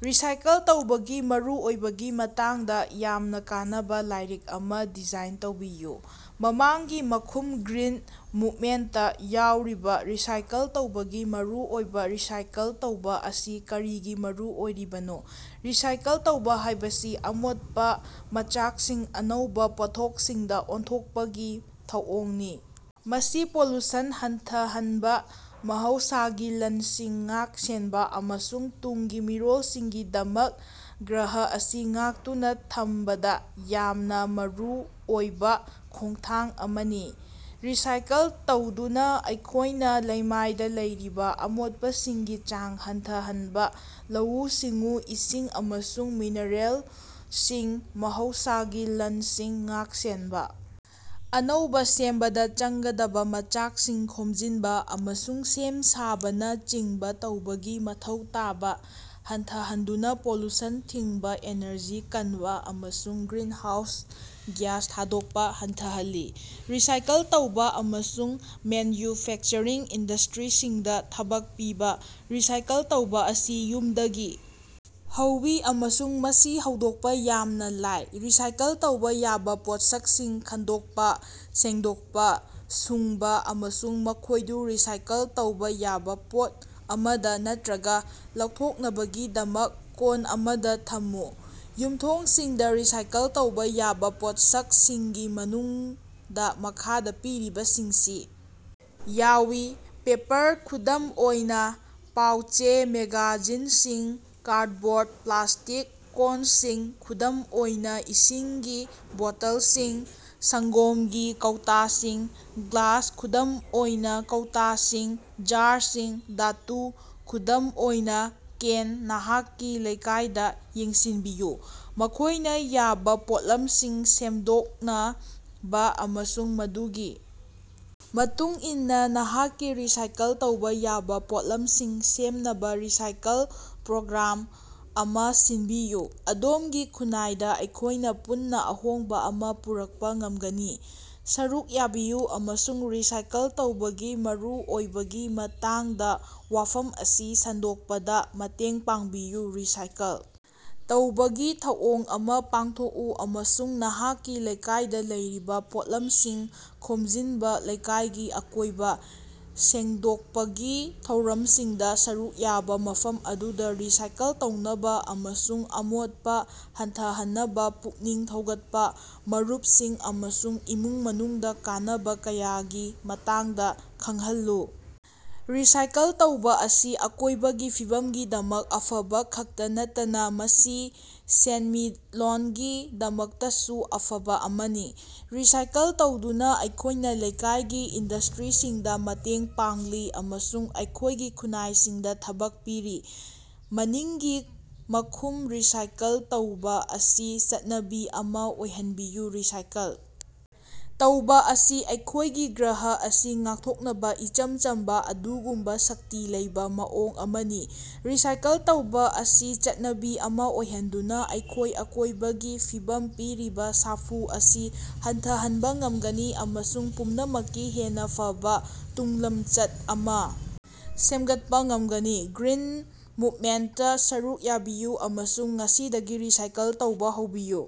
Recycle ꯇꯧꯕꯒꯤ ꯃꯔꯨꯑꯣꯏꯕꯒꯤ ꯃꯇꯥꯡꯗ ꯌꯥꯝꯅ ꯀꯥꯟꯅꯕ ꯂꯥꯏꯔꯤꯛ ꯑꯃ ꯗꯤꯖꯥꯏꯟ ꯇꯧꯕꯥ꯫ ꯃꯃꯥꯡꯒꯤ ꯃꯈꯨꯝ ꯒ꯭ꯔꯤꯟ ꯃꯨꯕꯃꯦꯟꯇꯇꯥ ꯌꯥꯎꯕꯤꯌꯨ ꯔꯤꯁꯥꯏꯀꯜ ꯇꯧꯕꯒꯤ ꯃꯔꯨꯑꯣꯏꯕꯥ ꯔꯤꯁꯥꯏꯀꯜ ꯇꯧꯕꯥ ꯑꯁꯤ ꯀꯔꯤꯒꯤ ꯃꯔꯨ ꯑꯣꯏꯔꯤꯕꯅꯣ ꯔꯤꯁꯥꯏꯀꯜ ꯇꯧꯕꯥ ꯍꯥꯢꯕꯁꯤ ꯑꯃꯣꯠꯄ ꯃꯆꯥꯛꯁꯤꯡ ꯑꯅꯧꯕ ꯄꯣꯠꯊꯣꯛꯁꯤꯡꯗ ꯑꯣꯟꯊꯣꯛꯄꯒꯤ ꯊꯧꯑꯣꯡꯅꯤ꯫ ꯃꯁꯤ ꯄꯣꯂꯨꯁꯟ ꯍꯟꯊꯍꯟꯕ ꯃꯍꯧꯁꯥꯒꯤ ꯂꯟꯁꯤꯡ ꯉꯥꯛ-ꯁꯦꯟꯕ ꯑꯃꯁꯨꯡ ꯇꯨꯡꯒꯤ ꯃꯤꯔꯣꯜꯁꯤꯡꯒꯤꯗꯃꯛ ꯒ꯭ꯔꯍ ꯑꯁꯤ ꯉꯥꯛꯇꯨꯅꯥ ꯊꯝꯕꯗ ꯌꯥꯝꯅ ꯃꯔꯨ ꯑꯣꯏꯕꯥ ꯈꯣꯡꯊꯥꯡ ꯑꯃꯅꯤ꯫ ꯔꯤꯁꯥꯏꯀꯜ ꯇꯧꯗꯨꯅꯥ ꯑꯩꯈꯣꯢꯅ ꯂꯩꯃꯥꯏꯗ ꯂꯩꯔꯤꯕ ꯑꯃꯣꯠꯄꯁꯤꯡꯒꯤ ꯆꯥꯡ ꯍꯟꯊꯍꯟꯕ ꯂꯧꯎ-ꯁꯤꯡꯎ ꯏꯁꯤꯡ ꯑꯃꯁꯨꯡ ꯃꯤꯅꯔꯦꯜꯁꯤꯡ ꯃꯍꯧꯁꯥꯒꯤ ꯂꯟꯁꯤꯡ ꯉꯥꯛ-ꯁꯦꯟꯕ ꯑꯅꯧꯕꯥ ꯁꯦꯝꯕꯗ ꯆꯪꯒꯗꯕ ꯃꯆꯥꯛꯁꯤꯡ ꯈꯣꯝꯖꯤꯟꯕ ꯑꯃꯁꯨꯡ ꯁꯦꯝ ꯁꯥꯕꯅ ꯆꯤꯡꯕ ꯇꯧꯕꯒꯤ ꯃꯊꯧ ꯇꯥꯕ ꯍꯟꯊꯍꯟꯗꯨꯅ ꯄꯣꯂꯨꯁꯟ ꯊꯤꯡꯕꯥ ꯏꯅꯔꯖꯤ ꯀꯟꯕ ꯑꯃꯁꯨꯡ ꯒ꯭ꯔꯤꯟꯍꯥꯎꯁ ꯒ꯭ꯌꯥꯁ ꯊꯥꯗꯣꯛꯄ ꯍꯟꯊꯍꯜꯂꯤ꯫ ꯔꯤꯁꯥꯏꯀꯜ ꯇꯧꯕꯥ ꯑꯃꯁꯨꯡ ꯃꯦꯅꯌꯨꯐꯦꯛꯆꯔꯤꯡ ꯏꯟꯗꯁꯇ꯭ꯔꯤꯁꯤꯡꯗ ꯊꯕꯛ ꯄꯤꯕ ꯔꯤꯁꯥꯏꯀꯜ ꯇꯧꯕ ꯑꯁꯤ ꯌꯨꯝꯗꯒꯤ ꯍꯧꯏ ꯑꯃꯁꯨꯡ ꯃꯁꯤ ꯍꯧꯗꯣꯛꯄꯥ ꯌꯥꯝꯅꯥ ꯂꯥꯏ꯫ ꯔꯤꯁꯥꯏꯀꯜ ꯇꯧꯕꯥ ꯌꯥꯕꯥ ꯄꯣꯠꯁꯛꯁꯤꯡ ꯈꯟꯗꯣꯛꯄ ꯁꯦꯡꯗꯣꯛꯄ ꯁꯨꯡꯕ ꯑꯃꯁꯨꯡ ꯃꯈꯣꯢꯗꯨ ꯔꯤꯁꯥꯏꯀꯜ ꯇꯧꯕꯥ ꯌꯥꯕ ꯄꯣꯠ ꯑꯃꯗ ꯅꯠꯇ꯭ꯔꯒ ꯂꯧꯊꯣꯛꯅꯕꯒꯤꯗꯃꯛ ꯀꯣꯟ ꯑꯃꯗ ꯊꯝꯃꯨ꯫ ꯌꯨꯝꯊꯣꯡꯁꯤꯡꯗ ꯔꯤꯁꯥꯏꯀꯜ ꯇꯧꯕꯥ ꯌꯥꯕꯥ ꯄꯣꯠꯁꯛꯁꯤꯡꯒꯤ ꯃꯅꯨꯡꯗꯥ ꯃꯈꯥꯗꯥ ꯄꯤꯔꯤꯕꯁꯤꯡꯁꯤ ꯌꯥꯎꯏ ꯄꯦꯄꯔ ꯈꯨꯗꯝ ꯑꯣꯏꯅꯥ, ꯄꯥꯎ-ꯆꯦ, ꯃꯦꯒꯥꯖꯤꯟꯁꯤꯡ, ꯀꯥꯔꯗꯕꯣꯔꯗ ꯄ꯭ꯂꯥꯁ꯭ꯇꯤꯛ ꯀꯣꯟꯁꯤꯡ ꯈꯨꯗꯝ ꯑꯣꯏꯅꯥ ꯏꯁꯤꯡꯒꯤ ꯕꯣꯇꯜꯁꯤꯡ ꯁꯡꯒꯣꯝꯒꯤ ꯀꯧꯇꯁꯤꯡ ꯒ꯭ꯂꯥꯁ ꯈꯨꯗꯝ ꯑꯣꯏꯅꯥ ꯀꯧꯇꯁꯤꯡ ꯖꯥꯔꯁꯤꯡ ꯙꯥꯇꯨ ꯈꯨꯗꯝ ꯑꯣꯏꯅ ꯀꯦꯟ ꯅꯍꯥꯛꯀꯤ ꯂꯩꯀꯥꯏꯗ ꯌꯦꯡꯁꯤꯟꯕꯤꯎ꯫ ꯃꯈꯣꯢꯅ ꯌꯥꯕ ꯄꯣꯠꯂꯝꯁꯤꯡ ꯁꯦꯝꯗꯣꯛꯅꯕ ꯑꯃꯁꯨꯡ ꯃꯗꯨꯒꯤ ꯃꯇꯨꯡ ꯏꯟꯅ ꯅꯍꯥꯛꯀꯤ ꯔꯤꯁꯥꯏꯀꯜ ꯇꯧꯕꯥ ꯌꯥꯕ ꯄꯣꯠꯂꯝꯁꯤꯡ ꯁꯦꯝꯅꯕ ꯔꯤꯁꯥꯏꯀꯜ ꯄ꯭ꯔꯣꯒ꯭ꯔꯥꯝ ꯑꯃ ꯁꯤꯟꯕꯤꯎ꯫ ꯑꯗꯣꯝꯒꯤ ꯈꯨꯟꯅꯥꯏꯗ ꯑꯩꯈꯣꯢꯅ ꯄꯨꯟꯅ ꯑꯍꯣꯡꯕ ꯑꯃ ꯄꯨꯔꯛꯄ ꯉꯝꯒꯅꯤ꯫ ꯁꯔꯨꯛ ꯌꯥꯕꯤꯌꯨ ꯑꯃꯁꯨꯡ ꯔꯤꯁꯥꯏꯀꯜ ꯇꯧꯕꯒꯤ ꯃꯔꯨꯑꯣꯏꯕꯒꯤ ꯃꯇꯥꯡꯗ ꯋꯥꯐꯝ ꯑꯁꯤ ꯁꯟꯗꯣꯛꯄꯗ ꯃꯇꯦꯡ ꯄꯥꯡꯕꯤꯌꯨ ꯔꯤꯁꯥꯏꯀꯜ ꯇꯧꯕꯒꯤ ꯊꯧꯑꯣꯡ ꯑꯃ ꯄꯥꯡꯊꯣꯛꯎ ꯑꯃꯁꯨꯡ ꯅꯍꯥꯛꯀꯤ ꯂꯩꯀꯥꯏꯗ ꯂꯩꯔꯤꯕꯥ ꯄꯣꯠꯂꯝꯁꯤꯡ ꯈꯣꯝꯖꯤꯟꯕ ꯂꯩꯀꯥꯏꯒꯤ ꯑꯀꯣꯏꯕ ꯁꯦꯡꯗꯣꯛꯄꯒꯤ ꯊꯧꯔꯝꯁꯤꯡꯗ ꯁꯔꯨꯛ ꯌꯥꯕ ꯃꯐꯝ ꯑꯗꯨꯗ ꯔꯤꯁꯥꯏꯀꯜ ꯇꯧꯅꯕꯥ ꯑꯃꯁꯨꯡ ꯑꯃꯣꯠꯄꯥ ꯍꯟꯊꯍꯟꯅꯕꯥ ꯄꯨꯛꯅꯤꯡ ꯊꯧꯒꯠꯄꯥ ꯃꯔꯨꯞꯁꯤꯡ ꯑꯃꯁꯨꯡ ꯏꯃꯨꯡ ꯃꯅꯨꯡꯗꯥ ꯀꯥꯟꯅꯕ ꯀꯌꯥꯒꯤ ꯃꯇꯥꯡꯗꯥ ꯈꯡꯍꯟꯂꯨ꯫ ꯔꯤꯁꯥꯏꯀꯜ ꯇꯧꯕꯥ ꯑꯁꯤ ꯑꯀꯣꯢꯕꯒꯤ ꯐꯤꯕꯝꯒꯤꯗꯃꯛ ꯑꯐꯕꯥ ꯈꯛꯇꯥ ꯅꯠꯇꯅ ꯃꯁꯤ ꯁꯦꯟꯃꯤꯠꯂꯣꯟꯒꯤꯗꯃꯛꯇꯁꯨ ꯑꯐꯕ ꯑꯃꯅꯤ꯫ ꯔꯤꯁꯥꯏꯀꯜ ꯇꯧꯗꯨꯅꯥ ꯑꯩꯈꯣꯢꯅ ꯂꯩꯀꯥꯏꯒꯤ ꯏꯟꯗꯁꯇ꯭ꯔꯤꯁꯤꯡꯗ ꯃꯇꯦꯡ ꯄꯥꯡꯂꯤ ꯑꯃꯁꯨꯡ ꯑꯩꯈꯣꯢꯒꯤ ꯈꯨꯟꯅꯥꯏꯁꯤꯡꯗ ꯊꯕꯛ ꯄꯤꯔꯤ꯫ ꯃꯅꯤꯡꯒꯤ ꯃꯈꯨꯝ ꯔꯤꯁꯥꯏꯀꯜ ꯇꯧꯕꯥ ꯑꯁꯤ ꯆꯠꯅꯕꯤ ꯑꯃꯥ ꯑꯣꯏꯍꯟꯕꯤꯌꯨ ꯔꯤꯁꯥꯏꯀꯜ ꯇꯧꯕꯥ ꯑꯁꯤ ꯑꯩꯈꯣꯢꯒꯤ ꯒ꯭ꯔꯍ ꯑꯁꯤ ꯉꯥꯛꯊꯣꯛꯅꯕ ꯏꯆꯝ ꯆꯝꯕ ꯑꯗꯨꯒꯨꯝꯕ ꯁꯛꯇꯤ ꯂꯩꯕꯥ ꯃꯑꯣꯡ ꯑꯃꯅꯤ꯫ ꯔꯤꯁꯥꯏꯀꯜ ꯇꯧꯕꯥ ꯑꯁꯤ ꯆꯠꯅꯕꯤ ꯑꯃ ꯑꯣꯏꯍꯟꯗꯨꯅ ꯑꯩꯈꯣꯢꯅ ꯑꯀꯣꯢꯕꯒꯤ ꯐꯤꯕꯝꯗ ꯄꯤꯔꯤꯕ ꯁꯥꯐꯨ ꯑꯁꯤ ꯍꯟꯊꯍꯟꯕ ꯉꯝꯒꯅꯤ ꯑꯃꯁꯨꯡ ꯄꯨꯝꯅꯃꯛꯀꯤ ꯍꯦꯟꯅ ꯐꯕ ꯇꯨꯡꯂꯝꯆꯠ ꯑꯃ ꯁꯦꯝꯒꯠꯄ ꯉꯝꯒꯅꯤ꯫ ꯒ꯭ꯔꯤꯟ ꯃꯨꯕꯃꯦꯟꯇ ꯁꯔꯨꯛ ꯌꯥꯕꯤꯌꯨ ꯑꯃꯁꯨꯡ ꯉꯁꯤꯗꯒꯤ ꯔꯤꯁꯥꯏꯀꯜ ꯇꯧꯕꯥ ꯍꯧꯕꯤꯌꯨ꯫